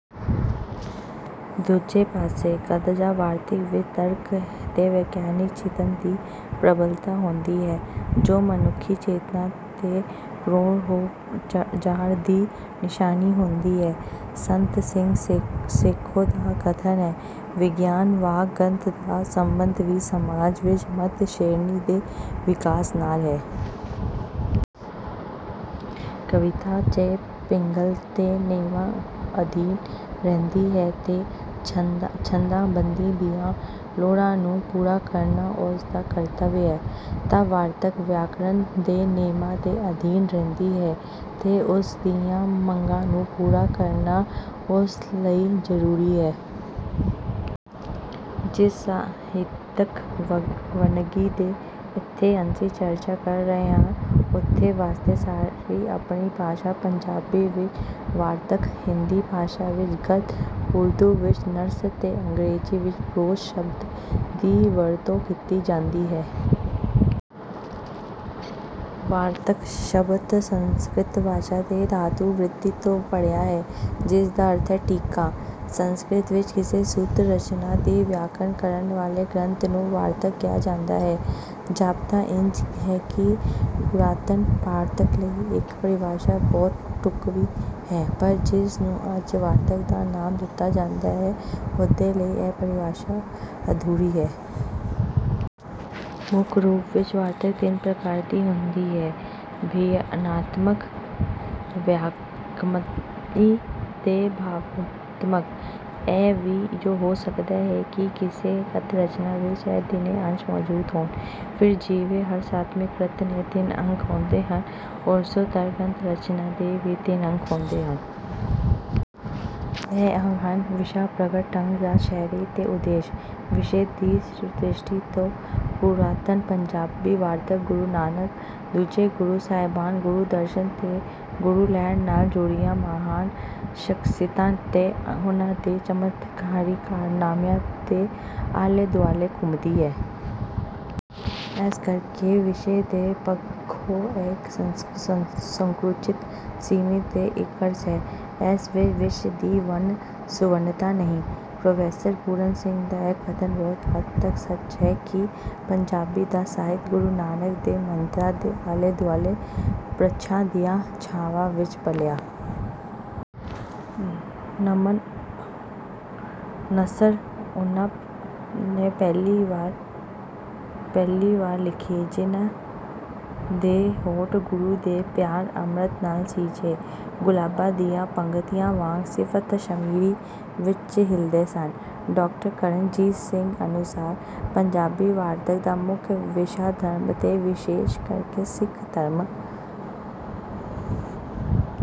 ਦੂਜੇ ਪਾਸੇ, ਗੱਦ ਜਾਂ ਵਾਰਤਕ ਵਿੱਚ ਤਰਕ ਅਤੇ ਵਿਗਿਆਨਕ ਚਿੰਤਨ ਦੀ ਪ੍ਰਬਲਤਾ ਹੁੰਦੀ ਹੈ, ਜੋ ਮਨੁੱਖੀ ਚੇਤਨਾ ਦੇ ਪ੍ਰੌਢ ਹੋ ਜਾਣ ਦੀ ਨਿਸ਼ਾਨੀ ਹੁੰਦੀ ਹੈ। ਸੰਤ ਸਿੰਘ ਸੇਖੋਂ ਦਾ ਕਥਨ ਹੈ, “ਵਿਗਿਆਨ ਵਾਂਗ ਗੱਦ ਦਾ ਸੰਬੰਧ ਵੀ ਸਮਾਜ ਵਿੱਚ ਮੱਧ-ਸ਼੍ਰੇਣੀ ਦੇ ਵਿਕਾਸ ਨਾਲ ਹੈ। ਕਵਿਤਾ ਜੇ ਪਿੰਗਲ ਦੇ ਨੇਮਾਂ ਅਧੀਨ ਰਹਿੰਦੀ ਹੈ ਤੇ ਛੰਦਾਬੰਦੀ ਦੀਆਂ ਲੋੜਾਂ ਨੂੰ ਪੂਰਾ ਕਰਨਾ ਉਸ ਦਾ ਕਰਤੱਵ ਹੈ ਤਾਂ ਵਾਰਤਕ ਵਿਆਕਰਨ ਦੇ ਨੇਮਾਂ ਦੇ ਅਧੀਨ ਰਹਿੰਦੀ ਹੈ ਤੇ ਉਸ ਦੀਆਂ ਮੰਗਾਂ ਨੂੰ ਪੂਰਾ ਕਰਨਾ ਉਸ ਲਈ ਜ਼ਰੂਰੀ ਹੈ। ਜਿਸ ਸਾਹਿਤਕ ਵੰਨਗੀ ਦੀ ਇੱਥੇ ਅਸੀਂ ਚਰਚਾ ਕਰ ਰਹੇ ਹਾਂ, ਉਹਦੇ ਵਾਸਤੇ ਸਾਡੀ ਆਪਣੀ ਭਾਸ਼ਾ ਪੰਜਾਬੀ ਵਿੱਚ ‘ਵਾਰਤਕ’, ਹਿੰਦੀ ਭਾਸ਼ਾ ਵਿੱਚ ‘ਗੱਦ’, ਉਰਦੂ ਵਿੱਚ ‘ਨਸਰ’ ਅਤੇ ਅੰਗਰੇਜ਼ੀ ਵਿੱਚ ‘ਪ੍ਰੋਜ਼’ ਸ਼ਬਦ ਦੀ ਵਰਤੋਂ ਕੀਤੀ ਜਾਂਦੀ ਹੈ। ‘ਵਾਰਤਕ’ ਸ਼ਬਦ ਸੰਸਕ੍ਰਿਤ ਭਾਸ਼ਾ ਦੇ ਧਾਤੂ ‘ਵ੍ਰਿਤਿ’ ਤੋਂ ਬਣਿਆ ਹੈ, ਜਿਸ ਦਾ ਅਰਥ ਹੈ ‘ਟੀਕਾ’। ਸੰਸਕ੍ਰਿਤ ਵਿੱਚ ਕਿਸੇ ਸੂਤਰ-ਰਚਨਾ ਦੀ ਵਿਆਖਿਆ ਕਰਨ ਵਾਲੇ ਗ੍ਰੰਥ ਨੂੰ ‘ਵਾਰਤਕ’ ਕਿਹਾ ਜਾਂਦਾ ਹੈ। ਜਾਪਦਾ ਇੰਜ ਹੈ ਕਿ ਪੁਰਾਤਨ ਵਾਰਤਕ ਲਈ ਇਹ ਪਰਿਭਾਸ਼ਾ ਬਹੁਤ ਢੁਕਵੀਂ ਹੈ, ਪਰ ਜਿਸ ਨੂੰ ਅੱਜ ਵਾਰਤਕ ਦਾ ਨਾਮ ਦਿੱਤਾ ਜਾਂਦਾ ਹੈ, ਉਹਦੇ ਲਈ ਇਹ ਪਰਿਭਾਸ਼ਾ ਅਧੂਰੀ ਹੈ। ਮੁੱਖ ਰੂਪ ਵਿੱਚ ਵਾਰਤਕ ਤਿੰਨ ਪ੍ਰਕਾਰ ਦੀ ਹੁੰਦੀ ਹੈ—ਬਿਆਨਾਤਮਕ, ਵਿਆਖਿਆਮਈ ਅਤੇ ਭਾਵਾਤਮਕ। ਇਹ ਵੀ ਹੋ ਸਕਦਾ ਹੈ ਕਿ ਕਿਸੇ ਗੱਦ-ਰਚਨਾ ਵਿੱਚ ਇਹ ਤਿੰਨੇ ਅੰਸ਼ ਮੌਜੂਦ ਹੋਣ। ਫਿਰ, ਜਿਵੇਂ ਹਰ ਸਾਹਿਤਕ ਕਿਰਤ ਦੇ ਤਿੰਨ ਅੰਗ ਹੁੰਦੇ ਹਨ, ਉਸੇ ਤਰ੍ਹਾਂ ਗੱਦ-ਰਚਨਾ ਦੇ ਵੀ ਤਿੰਨ ਅੰਗ ਹੁੰਦੇ ਹਨ। ਇਹ ਅੰਗ ਹਨ—ਵਿਸ਼ਾ, ਪ੍ਰਗਟਾ-ਢੰਗ ਜਾਂ ਸ਼ੈਲੀ ਅਤੇ ਉਦੇਸ਼। ਵਿਸ਼ੇ ਦੀ ਦ੍ਰਿਸ਼ਟੀ ਤੋਂ ਪੁਰਾਤਨ ਪੰਜਾਬੀ ਵਾਰਤਕ ਗੁਰੂ ਨਾਨਕ, ਦੂਜੇ ਗੁਰੂ ਸਾਹਿਬਾਨ, ਗੁਰੂ-ਦਰਸ਼ਨ ਅਤੇ ਗੁਰੂ ਲਹਿਰ ਨਾਲ ਜੁੜੀਆਂ ਮਹਾਨ ਸ਼ਖ਼ਸੀਅਤਾਂ ਤੇ ਉਨ੍ਹਾਂ ਦੇ ਚਮਤਕਾਰੀ ਕਾਰਨਾਮਿਆਂ ਦੇ ਆਲੇ-ਦੁਆਲੇ ਘੁੰਮਦੀ ਹੈ। ਇਸ ਲਈ ਵਿਸ਼ੇ ਦੇ ਪੱਖੋਂ ਇਹ ਸੰਕੁਚਿਤ, ਸੀਮਤ ਅਤੇ ਇਕਰਸ ਹੈ। ਇਸ ਵਿੱਚ ਵਿਸ਼ਿਆਂ ਦੀ ਵੰਨ-ਸੁਵੰਨਤਾ ਨਹੀਂ। ਪ੍ਰੋਫ਼ੈਸਰ ਪੂਰਨ ਸਿੰਘ ਦਾ ਇਹ ਕਥਨ ਬਹੁਤ ਹੱਦ ਤੱਕ ਸੱਚ ਹੈ ਕਿ “ਪੰਜਾਬੀ ਦਾ ਸਾਹਿਤ ਗੁਰੂ ਨਾਨਕ ਦੇ ਮੰਦਰਾਂ ਦੇ ਆਲੇ-ਦੁਆਲੇ ਬ੍ਰਿੱਛਾਂ ਦੀਆਂ ਛਾਵਾਂ ਵਿੱਚ ਪਲਿਆ। ਨਸਰ ਉਹਨਾਂ ਪਹਿਲੀ ਵਾਰ ਲਿਖੀ, ਜਿਨ੍ਹਾਂ ਦੇ ਹੋਂਠ ਗੁਰੂ ਦੇ ਪਿਆਰ-ਅੰਮ੍ਰਿਤ ਨਾਲ ਸਿੰਚੇ, ਗੁਲਾਬਾਂ ਦੀਆਂ ਪੱਤੀਆਂ ਵਾਂਗ ਸਿਫ਼ਤ-ਸ਼ਮੀਰ ਵਿੱਚ ਹਿਲਦੇ ਸਨ। ”ਡਾਕਟਰ ਕਰਨਜੀਤ ਸਿੰਘ ਅਨੁਸਾਰ, ਪੰਜਾਬੀ ਵਾਰਤਕ ਦਾ ਮੁੱਖ ਵਿਸ਼ਾ ਧਰਮ ਅਤੇ ਵਿਸ਼ੇਸ਼ ਕਰਕੇ ਸਿੱਖ ਧਰਮ...